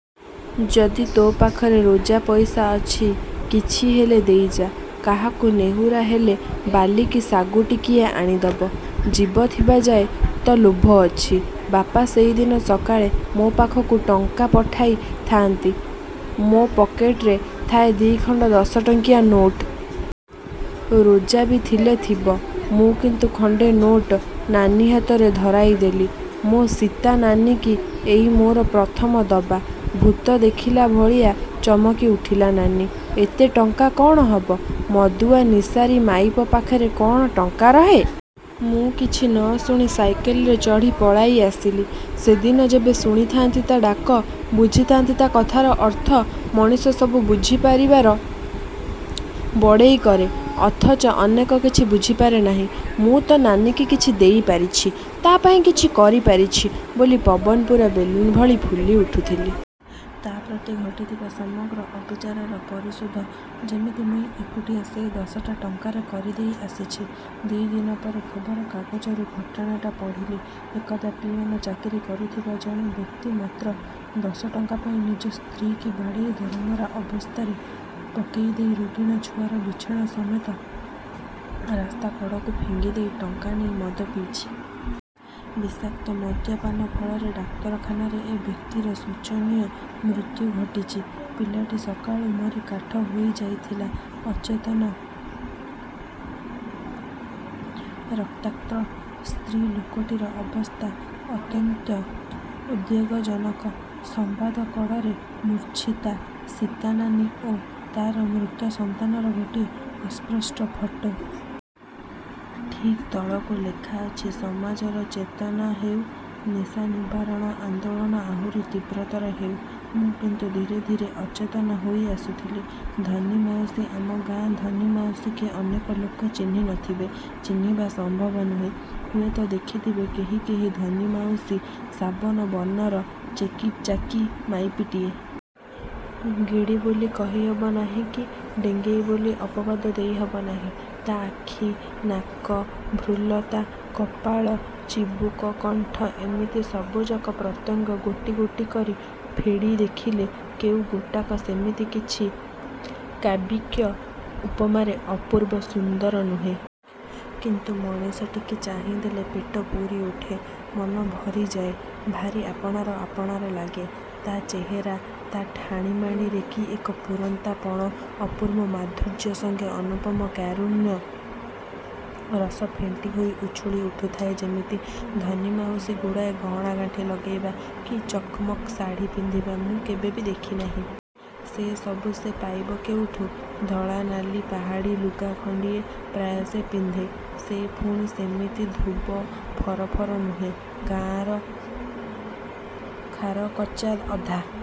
ଯଦି ତୋ ପାଖରେ ରୋଜା ପଇସା ଅଛି କିଛି ହେଲେ ଦେଇଯା। କାହାକୁ ନେହୁରା ହେଲେ ବାଲି କି ସାଗୁ ଟିକିଏ ଆଣିଦବ। ଜୀବ ଥିବା ଯାଏ ତ ଲୋଭ ଅଛି। ବାପା ସେଇ ଦିନ ସକାଳେ ମୋ ପାଖକୁ ଟଙ୍କା ପଠାଇ ଥାନ୍ତି। ମୋ ପକେଟରେ ଥାଏ ଦିଖଣ୍ଡ ଦଶ ଟଙ୍କିଆ ନୋଟ। ରୋଜାବି ଥିଲେ ଥିବ। ମୁଁ କିନ୍ତୁ ଖଣ୍ଡେ ନୋଟ ନାନୀ ହାତରେ ଧରାଇ ଦେଲି। ମୋ ସୀତା ନାନୀକି ଏଇ ମୋର ପ୍ରଥମ ଦବା। ଭୂତ ଦେଖିଲା ଭଳିଆ ଚମକି ଉଠିଲା ନାନୀ। ଏତେ ଟଙ୍କା କ'ଣ ହବ? ମଦୁଆ ନିଶାରୀ ମାଇପ ପାଖରେ କ'ଣ ଟଙ୍କା ରହେ? ମୁଁ କିଛି ନଶୁଣି ସାଇକେଲରେ ଚଢ଼ି ପଳାଇ ଆସିଲି। ସେଦିନ ଯେବେ ଶୁଣିଥାନ୍ତି ତା' ଡାକ, ବୁଝିଥାନ୍ତି ତା' କଥାର ଅର୍ଥ। ମଣିଷ ସବୁ ବୁଝି ପାରିବାର ବଡ଼େଇ କରେ ଅଥଚ ଅନେକ କିଛି ବୁଝିପାରେ ନାହିଁ-। ମୁଁ ତ ନାନୀକି କିଛି ଦେଇ ପାରିଛି, ତା' ପାଇଁ କିଛି କରି ପାରିଛି ବୋଲି ପବନ ପୁରା ବେଲୁନ୍ ଭଳି ଫୁଲି ଉଠୁଥିଲି। ତା' ପ୍ରତି ଘଟିଥିବା ସମଗ୍ର ଅବିଚାରର ପରିଶୋଧ ଯେମିତି ମୁଁଇ ଏକୁଟିଆ ଏଇ ଦଶଟା ଟଙ୍କାରେ କରି ଦେଇ ଆସିଛି। ଦି' ଦିନ ପରେ ଖବରକାଗଜରୁ ଘଟଣାଟା ପଢ଼ିଲି। ଏକଦା ପିଅନ ଚାକିରି କରୁଥିବା ଜଣେ ବ୍ୟକ୍ତି, ମାତ୍ର ଦଶଟଙ୍କା ପାଇଁ ନିଜ ସ୍ତ୍ରୀ' କି ବାଡ଼େଇ ଦରମରା ଅବସ୍ଥାରେ ପକେଇ ଦେଇ, ରୋଗିଣା ଛୁଆର ବିଛଣା ସମେତ ରାସ୍ତା କଢ଼କୁ ଫିଙ୍ଗିଦେଇ, ଟଙ୍କା ନେଇ ମଦ ପିଇଛି। ବିଷାକ୍ତ ମଦ୍ୟପାନ ଫଳରେ ଡାକ୍ତରଖାନାରେ ଏ ବ୍ୟକ୍ତିର ଶୋଚନୀୟ ମୁତ୍ୟୁ ଘଟିଚି। ପିଲାଟି ସକାଳୁ ମରି କାଠ ହୋଇ ଯାଇଥିଲା। ଅଚେତନ ରକ୍ତାକ୍ତ ସ୍ତ୍ରୀ ଲୋକଟିର ଅବସ୍ଥା ଅତ୍ୟନ୍ତ ଉଦ୍ବେଗଜନକ। ସମ୍ବାଦ କଡ଼ରେ ମୂର୍ଚ୍ଛିତା ସୀତାନାନୀ ଓ ତା'ର ମୃତ ସନ୍ତାନ ର ଗୋଟିଏ ଅସ୍ପଷ୍ଟ ଫଟୋ। ଠିକ୍ ତଳକୁ ଲେଖା ଅଛି–''ସମାଜର ଚେତନା ହେଉ। ନିଶାନିବାରଣ ଆନ୍ଦୋଳନ ଆହୁରି ତୀବ୍ରତର ହେଉ। " ମୁଁ କିନ୍ତୁ ଧୀରେ ଧୀରେ ଅଚେତନ ହୋଇ ଆସୁଥିଲି। ଧନୀ ମାଉସୀ ଆମ ଗାଁ ଧନୀ ମାଉସୀକି ଅନେକ ଲୋକ ଚିହ୍ନି ନଥିବେ। ଚିହ୍ନିବା ସମ୍ଭବ ନୁହେଁ ହୁଏତ ଦେଖିଥିବେ କେହି କେହି ଧନୀ ମାଉସୀ ସାବନ ବର୍ଣ୍ଣର ଚେକି ଚାକି ମାଇପିଟିଏ। ଗେଡ଼ି ବୋଲି କହି ହବ ନାହିଁ କି ଡେଙ୍ଗେଇ ବୋଲି ଅପବାଦ ଦେଇ ହବ ନାହିଁ। ତା' ଆଖି, ନାକ, ଭୃଲତା, କପାଳ, ଚିବୁକ କଣ୍ଠ ଏମିତି ସବୁଯାକ ପ୍ରତ୍ୟଙ୍ଗ ଗୋଟି ଗୋଟି କରି ଫେଡ଼ି ଦେଖିଲେ, କୋଉ ଗୋଟାକ ସେମିତି କିଛି, କାବ୍ୟିକ ଉପମାରେ ଅପୂର୍ବ ସୁନ୍ଦର ନୁହେଁ। କିନ୍ତୁ ମଣିଷଟିକି ଚାହିଁଦେଲେ ପେଟପୁରି ଉଠେ। ମନ ଭରିଯାଏ। ଭାରି ଆପଣାର ଆପଣାର ଲାଗେ। ତା' ଚେହେରା ତା' ଠାଣି ମାଣିରେ କି ଏକ ପୂରନ୍ତା ପଣ, ଅପୂର୍ବ ମାଧୁର୍ଯ୍ୟ ସଙ୍ଗେ ଅନୁପମ କାରୁଣ୍ୟ ରସ ଫେଣ୍ଟି ହୋଇ ଉଛୁଳି ଉଠୁଥାଏ ଯେମିତି। ଧନୀ ମାଉସୀ ଗୁଡ଼ାଏ ଗହଣା ଗାଣ୍ଠି ଲଗେଇବା, କି ଚକ୍ ମକ୍ ଶାଢ଼ି ପିନ୍ଧିବା, ମୁଁ କେବେ ବି ଦେଖିନାହିଁ। ସେ ସବୁ ସେ ପାଇବ କେଉଠୁ? ଧଳା, ନାଲି ପାହାଡ଼ି ଲୁଗା ଖଣ୍ଡିଏ, ପ୍ରାୟ ସେ ପିନ୍ଧେ-। ସେ ପୁଣି ସେମିତି ଧୋବ ଫର ଫର ନୁହେଁ। ଗାଁ'ର ଖାରକଚା ଅଧା